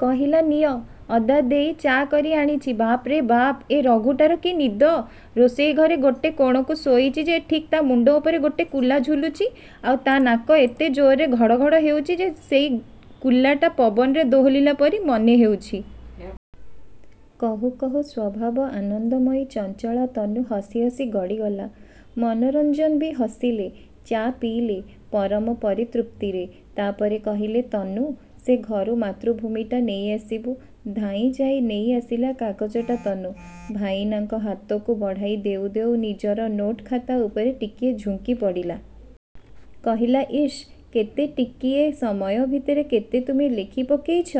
କହିଲା, ନିଅ। ଅଦା ଦେଇ ଚା କରି ଆଣିଛି। ବାପରେ ବାପ୍, ଏ ରଘୁଟାର କି ନିଦ! ରୋଷେଇ ଘରେ ଗୋଟେ କୋଣକୁ ଶୋଇଛି ଯେ ଠିକ୍ ତା' ମୁଣ୍ଡ ଉପରେ ଗୋଟେ କୁଲା ଝୁଲୁଛି ଆଉ ତା' ନାକ ଏତେ ଜୋରରେ ଘଡ଼ଘଡ଼ ହେଉଛି ଯେ ସେଇ କୁଲାଟା ପବନରେ ଦୋହଲିଲା ପରି ମନେହେଉଛି। କହୁ କହୁ ସ୍ୱଭାବ ଆନନ୍ଦମୟୀ, ଚଞ୍ଚଳା ତନୁ ହସି ହସି ଗଡ଼ିଗଲା। ମନୋରଞ୍ଜନ ବି ହସିଲେ। ଚା ପିଇଲେ ପରମ ପରିତୃପ୍ତିରେ। ତା'ପରେ କହିଲେ, ତନୁ, ସେ ଘରୁ 'ମାତୃଭୂମି'ଟା ନେଇଆସିବୁ। ଧାଇଁଯାଇ ନେଇଆସିଲା କାଗଜଟା ତନୁ। ଭାଇନାଙ୍କ ହାତକୁ ବଢ଼ାଇ ଦେଉ ଦେଉ ନିଜର ନୋଟ୍-ଖାତା ଉପରେ ଟିକିଏ ଝୁଙ୍କିପଡ଼ିଲା। କହିଲା ଇସ୍, କେତେଟିକିଏ ସମୟ ଭିତରେ କେତେ ତୁମେ ଲେଖିପକେଇଛ!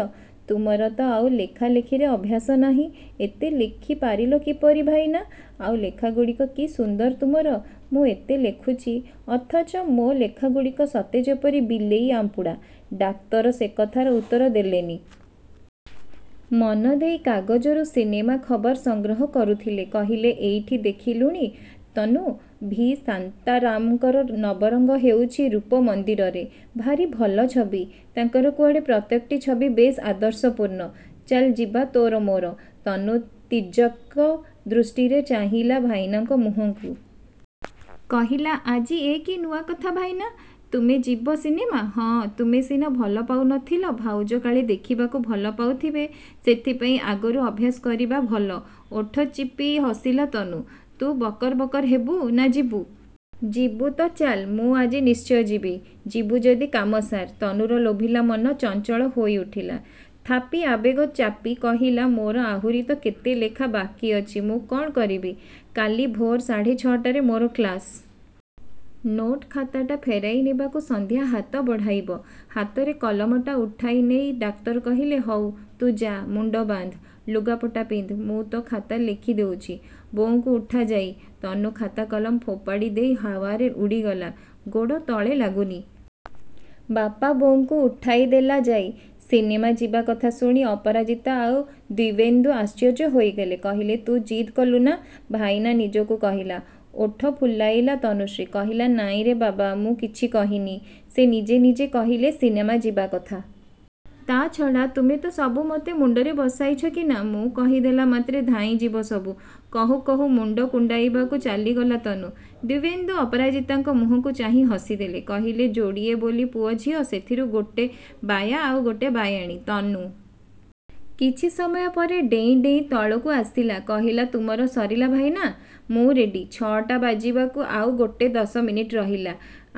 ତୁମର ତ ଆଉ ଲେଖାଲେଖିରେ ଅଭ୍ୟାସ ନାହିଁ। ଏତେ ଲେଖିପାରିଲ କିପରି, ଭାଇନା? ଆଉ ଲେଖାଗୁଡ଼ିକ କି ସୁନ୍ଦର ତୁମର! ମୁଁ ଏତେ ଲେଖୁଛି, ଅଥଚ ମୋ ଲେଖାଗୁଡ଼ିକ ସତେଯେପରି ବିଲେଇ ଆମ୍ପୁଡ଼ା। ଡାକ୍ତର ସେକଥାର ଉତ୍ତର ଦେଲେନି। ମନଦେଇ କାଗଜରୁ ସିନେମା ଖବର ସଂଗ୍ରହ କରୁଥିଲେ। କହିଲେ, ଏଇଠି ଦେଖିଲୁଣି, ତନୁ, ଭି. ଶାନ୍ତାରାମଙ୍କର ନବରଙ୍ଗ ହେଉଛି ରୂପ ମନ୍ଦିର'ରେ। ଭାରି ଭଲ ଛବି। ତାଙ୍କର କୁଆଡ଼େ ପ୍ରତ୍ୟେକଟି ଛବି ବେଶ୍ ଆଦର୍ଶପୂର୍ଣ୍ଣ। ଚାଲ, ଯିବା ତୋର ମୋର। ତନୁ ତୀର୍ଯ୍ୟକ ଦୃଷ୍ଟିରେ ଚାହିଁଲା ଭାଇନାଙ୍କ ମୁହଁକୁ। କହିଲା, ଆଜି ଏ କି ନୂଆ କଥା, ଭାଇନା? ତୁମେ ଯିବ ସିନେମା? ହଁ, ତୁମେ ସିନା ଭଲପାଉନଥିଲ, ଭାଉଜ କାଳେ ଦେଖିବାକୁ ଭଲପାଉଥିବେ! ସେଥିପାଇଁ ଆଗରୁ ଅଭ୍ୟାସ କରିବା ଭଲ। ଓଠ ଚିପି ହସିଲା ତନୁ। ତୁ ବକର ବକର ହେବୁ, ନା ଯିବୁ? ଯିବୁ ତ ଚାଲ୍। ମୁଁ ଆଜି ନିଶ୍ଚୟ ଯିବି। ଯିବୁ ଯଦି କାମ ସାର୍। ତନୁର ଲୋଭିଲା ମନ ଚଞ୍ଚଳ ହୋଇଉଠିଲା। ଥାପି ଆବେଗ ଚାପି କହିଲା, ମୋର ଆହୁରି ତ କେତେ ଲେଖା ବାକି ଅଛି, ମୁଁ କ'ଣ କରିବି? କାଲି ଭୋର୍ ସାଢ଼େ ଛଅଟାରେ ମୋର କ୍ଲାସ୍। ନୋଟ୍ଖା ତାଟା ଫେରାଇ ନେବାକୁ ସନ୍ଧ୍ୟା ହାତ ବଢ଼ାଇବ। ହାତରେ କଲମଟା ଉଠାଇନେଇ ଡାକ୍ତର କହିଲେ, ହଉ, ତୁ ଯା, ମୁଣ୍ଡ ବାନ୍ଧ, ଲୁଗାପଟା ପିନ୍ଧ। ମୁଁ ତୋ ଖାତା ଲେଖିଦେଉଛି। ବୋଉଙ୍କୁ ଉଠା ଯାଇ। ତନୁ ଖାତା-କଲମ ଫୋପାଡ଼ିଦେଇ ହାୱାରେ ଉଡ଼ିଗଲା। ଗୋଡ଼ ତଳେ ଲାଗୁନି। ବାପା ବୋଉଙ୍କୁ ଉଠାଇଦେଲା ଯାଇ। ସିନେମା ଯିବା କଥା ଶୁଣି ଅପରାଜିତା ଆଉ ଦିବ୍ୟେନ୍ଦୁ ଆଶ୍ଚର୍ଯ୍ୟ ହୋଇଗଲେ। କହିଲେ, ତୁ ଜିଦ୍ କଲୁ, ନା ଭାଇନା ନିଜକୁ କହିଲା? ଓଠ ଫୁଲାଇଲା ତନୁଶ୍ରୀ। କହିଲା, ନାଇଁରେ ବାବା, ମୁଁ କିଛି କହିନି। ସେ ନିଜେ ନିଜେ କହିଲେ ସିନେମା ଯିବା କଥା। ତା' ଛଡ଼ା, ତୁମେ ତ ସବୁ ମୋତେ ମୁଣ୍ଡରେ ବସାଇଛ କି ନା, ମୁଁ କହିଦେଲା ମାତ୍ରେ ଧାଇଁଯିବ ସବୁ। କହୁ କହୁ ମୁଣ୍ଡ କୁଣ୍ଡାଇବାକୁ ଚାଲିଗଲା ତନୁ। ଦିବ୍ୟେନ୍ଦୁ ଅପରାଜିତାଙ୍କ ମୁହଁକୁ ଚାହିଁ ହସିଦେଲେ। କହିଲେ, ଯୋଡ଼ିଏ ବୋଲି ପୁଅ ଝିଅ, ସେଥିରୁ ଗୋଟେ ବାୟା ଆଉ ଗୋଟିଏ ବାୟାଣୀ।"ତନୁ କିଛି ସମୟ ପରେ ଡେଇଁ ଡେଇଁ ତଳକୁ ଆସିଲା, କହିଲା, ତୁମର ସରିଲା, ଭାଇନା? ମୁଁ ରେଡ଼ି। ଛଅଟା ବାଜିବାକୁ ଆଉ ମୋଟେ ଦଶ ମିନିଟ୍ ରହିଲା।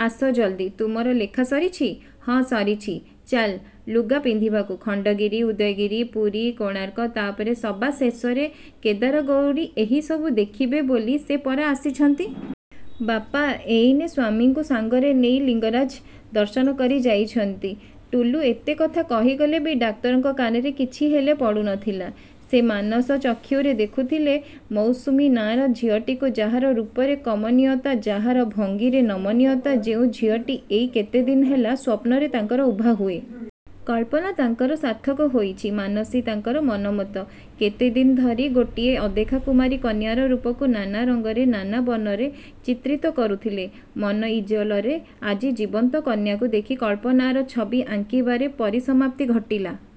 ଆସ ଜଲ୍ଦି। ତୁମର ଲେଖା ସରିଛି? ହଁ, ସରିଛି। ଚାଲ। ଲୁଗା ପିନ୍ଧିବାକୁ। ଖଣ୍ଡଗିରି, ଉଦୟଗିରି, ପୁରୀ, କୋଣାର୍କ, ତାପରେ ସବା ଶେଷରେ କେଦାରଗୌରୀ ଏହିସବୁ ଦେଖିବେ ବୋଲି ସେ ପରା ଆସିଛନ୍ତି! ବାପା ଏଇନେ ସ୍ୱାମୀଙ୍କୁ ସାଙ୍ଗରେ ନେଇ ଲିଙ୍ଗରାଜ ଦର୍ଶନ କରି ଯାଇଛନ୍ତି। ଟୁଲୁ ଏତେ କଥା କହିଗଲେ ବି ଡାକ୍ତରଙ୍କ କାନରେ କିଛି ହେଲେ ପଡ଼ୁନଥିଲା। ସେ ମାନସଚକ୍ଷୁରେ ଦେଖୁଥିଲେ 'ମୌସୁମୀ' ନାଁର ଝିଅଟିକୁ ଯାହାର ରୂପରେ କମନୀୟତା, ଯାହାର ଭଙ୍ଗୀରେ ନମନୀୟତା; ଯେଉଁ ଝିଅଟି ଏଇ କେତେଦିନ ହେଲା ସ୍ୱପ୍ନରେ ତାଙ୍କର ଉଭା ହୁଏ। କଳ୍ପନା ତାଙ୍କର ସାର୍ଥକ ହୋଇଛି, ମାନସୀ ତାଙ୍କର ମନୋମତ। କେତେଦିନ ଧରି ଗୋଟିଏ ଅଦେଖା କୁମାରୀ କନ୍ୟାର ରୂପକୁ ନାନା ରଙ୍ଗରେ, ନାନା ବର୍ଣ୍ଣରେ ଚିତ୍ରିତ କରୁଥିଲେ ମନ-ଇଜେଲରେ, ଆଜି ଜୀବନ୍ତ କନ୍ୟାକୁ ଦେଖି କଳ୍ପନାର ଛବି ଆଙ୍କିବାରେ ପରିସମାପ୍ତି ଘଟିଲା।